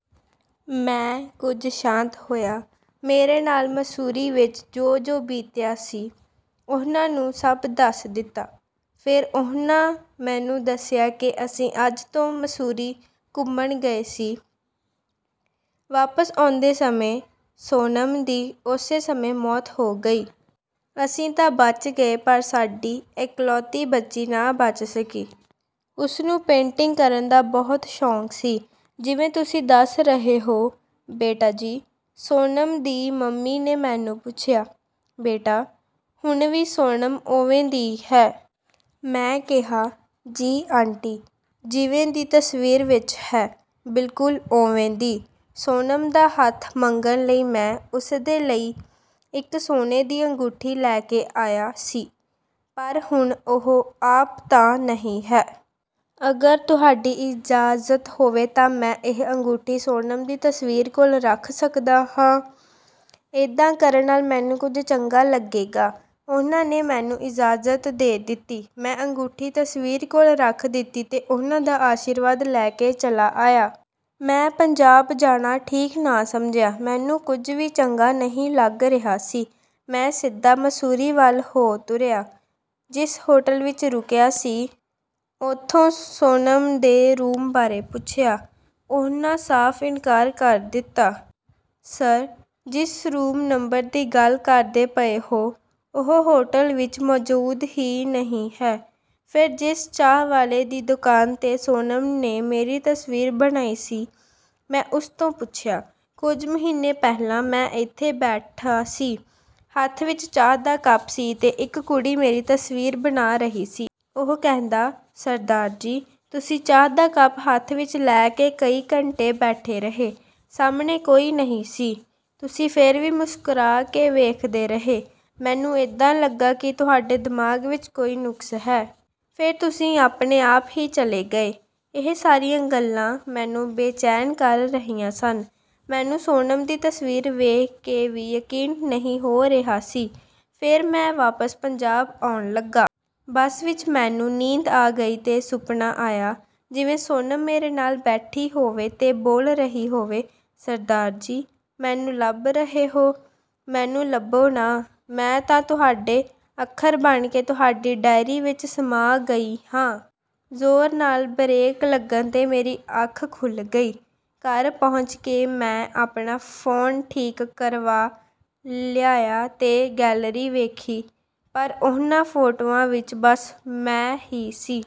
ਮੈਂ ਕੁਝ ਸ਼ਾਂਤ ਹੋਇਆ। ਮੇਰੇ ਨਾਲ ਮਸੂਰੀ ਵਿੱਚ ਜੋ-ਜੋ ਬੀਤਿਆ ਸੀ, ਉਹਨਾਂ ਨੂੰ ਸਭ ਦੱਸ ਦਿੱਤਾ। ਫੇਰ ਉਹਨਾਂ ਮੈਨੂੰ ਦੱਸਿਆ ਕਿ ਅਸੀਂ ਅੱਜ ਤੋਂ ਮਸੂਰੀ ਘੁੰਮਣ ਗਏ ਸੀ। ਵਾਪਸ ਆਉਂਦੇ ਸਮੇਂ ਸੋਨਮ ਦੀ ਉਸੇ ਸਮੇਂ ਮੌਤ ਹੋ ਗਈ। ਅਸੀਂ ਤਾਂ ਬਚ ਗਏ ਪਰ ਸਾਡੀ ਇਕਲੌਤੀ ਬੱਚੀ ਨਾ ਬਚ ਸਕੀ। ਉਸਨੂੰ ਪੇਂਟਿੰਗ ਕਰਨ ਦਾ ਬਹੁਤ ਸ਼ੌਂਕ ਸੀ। ਜਿਵੇਂ ਤੁਸੀਂ ਦੱਸ ਰਹੇ ਹੋ, ਬੇਟਾ ਜੀ। ਸੋਨਮ ਦੀ ਮੰਮੀ ਨੇ ਮੈਨੂੰ ਪੁੱਛਿਆ, "ਬੇਟਾ, ਹੁਣ ਵੀ ਸੋਨਮ ਓਵੇਂ ਦੀ ਹੈ?" ਮੈਂ ਕਿਹਾ, "ਜੀ ਆਂਟੀ, ਜਿਵੇਂ ਦੀ ਤਸਵੀਰ ਵਿੱਚ ਹੈ, ਬਿਲਕੁਲ ਓਵੇਂ ਦੀ।" ਸੋਨਮ ਦਾ ਹੱਥ ਮੰਗਣ ਲਈ ਮੈਂ ਉਸਦੇ ਲਈ ਇੱਕ ਸੋਨੇ ਦੀ ਅੰਗੂਠੀ ਲੈ ਕੇ ਆਇਆ ਸੀ। ਪਰ ਹੁਣ ਉਹ ਆਪ ਤਾਂ ਨਹੀਂ ਹੈ। "ਅਗਰ ਤੁਹਾਡੀ ਇਜਾਜ਼ਤ ਹੋਵੇ ਤਾਂ ਮੈਂ ਇਹ ਅੰਗੂਠੀ ਸੋਨਮ ਦੀ ਤਸਵੀਰ ਕੋਲ ਰੱਖ ਸਕਦਾ ਹਾਂ। ਏਦਾਂ ਕਰਨ ਨਾਲ ਮੈਨੂੰ ਕੁਝ ਚੰਗਾ ਲੱਗੇਗਾ।" ਉਹਨਾਂ ਨੇ ਮੈਨੂੰ ਇਜਾਜ਼ਤ ਦੇ ਦਿੱਤੀ। ਮੈਂ ਅੰਗੂਠੀ ਤਸਵੀਰ ਕੋਲ ਰੱਖ ਦਿੱਤੀ ਤੇ ਉਹਨਾਂ ਦਾ ਆਸ਼ੀਰਵਾਦ ਲੈ ਕੇ ਚੱਲਾ ਆਇਆ। ਮੈਂ ਪੰਜਾਬ ਜਾਣਾ ਠੀਕ ਨਾ ਸਮਝਿਆ। ਮੈਨੂੰ ਕੁਝ ਵੀ ਚੰਗਾ ਨਹੀਂ ਲੱਗ ਰਿਹਾ ਸੀ। ਮੈਂ ਸਿੱਧਾ ਮਸੂਰੀ ਵੱਲ ਹੋ ਤੁਰਿਆ। ਜਿਸ ਹੋਟਲ ਵਿੱਚ ਰੁਕਿਆ ਸੀ, ਉੱਥੋਂ ਸੋਨਮ ਦੇ ਰੂਮ ਬਾਰੇ ਪੁੱਛਿਆ। ਉਹਨਾਂ ਸਾਫ਼ ਇਨਕਾਰ ਕਰ ਦਿੱਤਾ। "ਸਰ, ਜਿਸ ਰੂਮ ਨੰਬਰ ਦੀ ਗੱਲ ਕਰਦੇ ਪਏ ਹੋ, ਉਹ ਹੋਟਲ ਵਿੱਚ ਮੌਜੂਦ ਹੀ ਨਹੀਂ ਹੈ।" ਫਿਰ ਜਿਸ ਚਾਹ ਵਾਲੇ ਦੀ ਦੁਕਾਨ 'ਤੇ ਸੋਨਮ ਨੇ ਮੇਰੀ ਤਸਵੀਰ ਬਣਾਈ ਸੀ, ਮੈਂ ਉਸ ਤੋਂ ਪੁੱਛਿਆ, "ਕੁਝ ਮਹੀਨੇ ਪਹਿਲਾਂ ਮੈਂ ਏਥੇ ਬੈਠਾ ਸੀ, ਹੱਥ ਵਿੱਚ ਚਾਹ ਦਾ ਕੱਪ ਸੀ ਤੇ ਇੱਕ ਕੁੜੀ ਮੇਰੀ ਤਸਵੀਰ ਬਣਾ ਰਹੀ ਸੀ।" ਉਹ ਕਹਿੰਦਾ, "ਸਰਦਾਰ ਜੀ, ਤੁਸੀਂ ਚਾਹ ਦਾ ਕੱਪ ਹੱਥ ਵਿੱਚ ਲੈ ਕੇ ਕਈ ਘੰਟੇ ਬੈਠੇ ਰਹੇ। ਸਾਹਮਣੇ ਕੋਈ ਨਹੀਂ ਸੀ। ਤੁਸੀਂ ਫਿਰ ਵੀ ਮੁਸਕਰਾ ਕੇ ਵੇਖਦੇ ਰਹੇ। ਮੈਨੂੰ ਏਦਾਂ ਲੱਗਾ ਕਿ ਤੁਹਾਡੇ ਦਿਮਾਗ ਵਿੱਚ ਕੋਈ ਨੁਕਸ ਹੈ। ਫੇਰ ਤੁਸੀਂ ਆਪਣੇ ਆਪ ਹੀ ਚਲੇ ਗਏ।" ਇਹ ਸਾਰੀਆਂ ਗੱਲਾਂ ਮੈਨੂੰ ਬੇਚੈਨ ਕਰ ਰਹੀਆਂ ਸਨ। ਮੈਨੂੰ ਸੋਨਮ ਦੀ ਤਸਵੀਰ ਵੇਖ ਕੇ ਵੀ ਯਕੀਨ ਨਹੀਂ ਹੋ ਰਿਹਾ ਸੀ। ਫੇਰ ਮੈਂ ਵਾਪਸ ਪੰਜਾਬ ਆਉਣ ਲੱਗਾ। ਬੱਸ ਵਿੱਚ ਮੈਨੂੰ ਨੀਂਦ ਆ ਗਈ ਤੇ ਸੁਪਨਾ ਆਇਆ, ਜਿਵੇਂ ਸੋਨਮ ਮੇਰੇ ਨਾਲ ਬੈਠੀ ਹੋਵੇ ਤੇ ਬੋਲ ਰਹੀ ਹੋਵੇ। "ਸਰਦਾਰ ਜੀ, ਮੈਨੂੰ ਲੱਭ ਰਹੇ ਹੋ? ਮੈਨੂੰ ਲੱਭੋ ਨਾ। ਮੈਂ ਤਾਂ ਤੁਹਾਡੇ ਅੱਖਰ ਬਣ ਕੇ ਤੁਹਾਡੀ ਡਾਇਰੀ ਵਿੱਚ ਸਮਾ ਗਈ ਹਾਂ।" ਜ਼ੋਰ ਨਾਲ ਬਰੇਕ ਲੱਗਣ 'ਤੇ ਮੇਰੀ ਅੱਖ ਖੁੱਲ ਗਈ। ਘਰ ਪਹੁੰਚ ਕੇ ਮੈਂ ਆਪਣਾ ਫੋਨ ਠੀਕ ਕਰਵਾ ਲਿਆਇਆ ਤੇ ਗੈਲਰੀ ਵੇਖੀ, ਪਰ ਉਹਨਾਂ ਫੋਟੋਆਂ ਵਿੱਚ ਬਸ ਮੈਂ ਹੀ ਸੀ।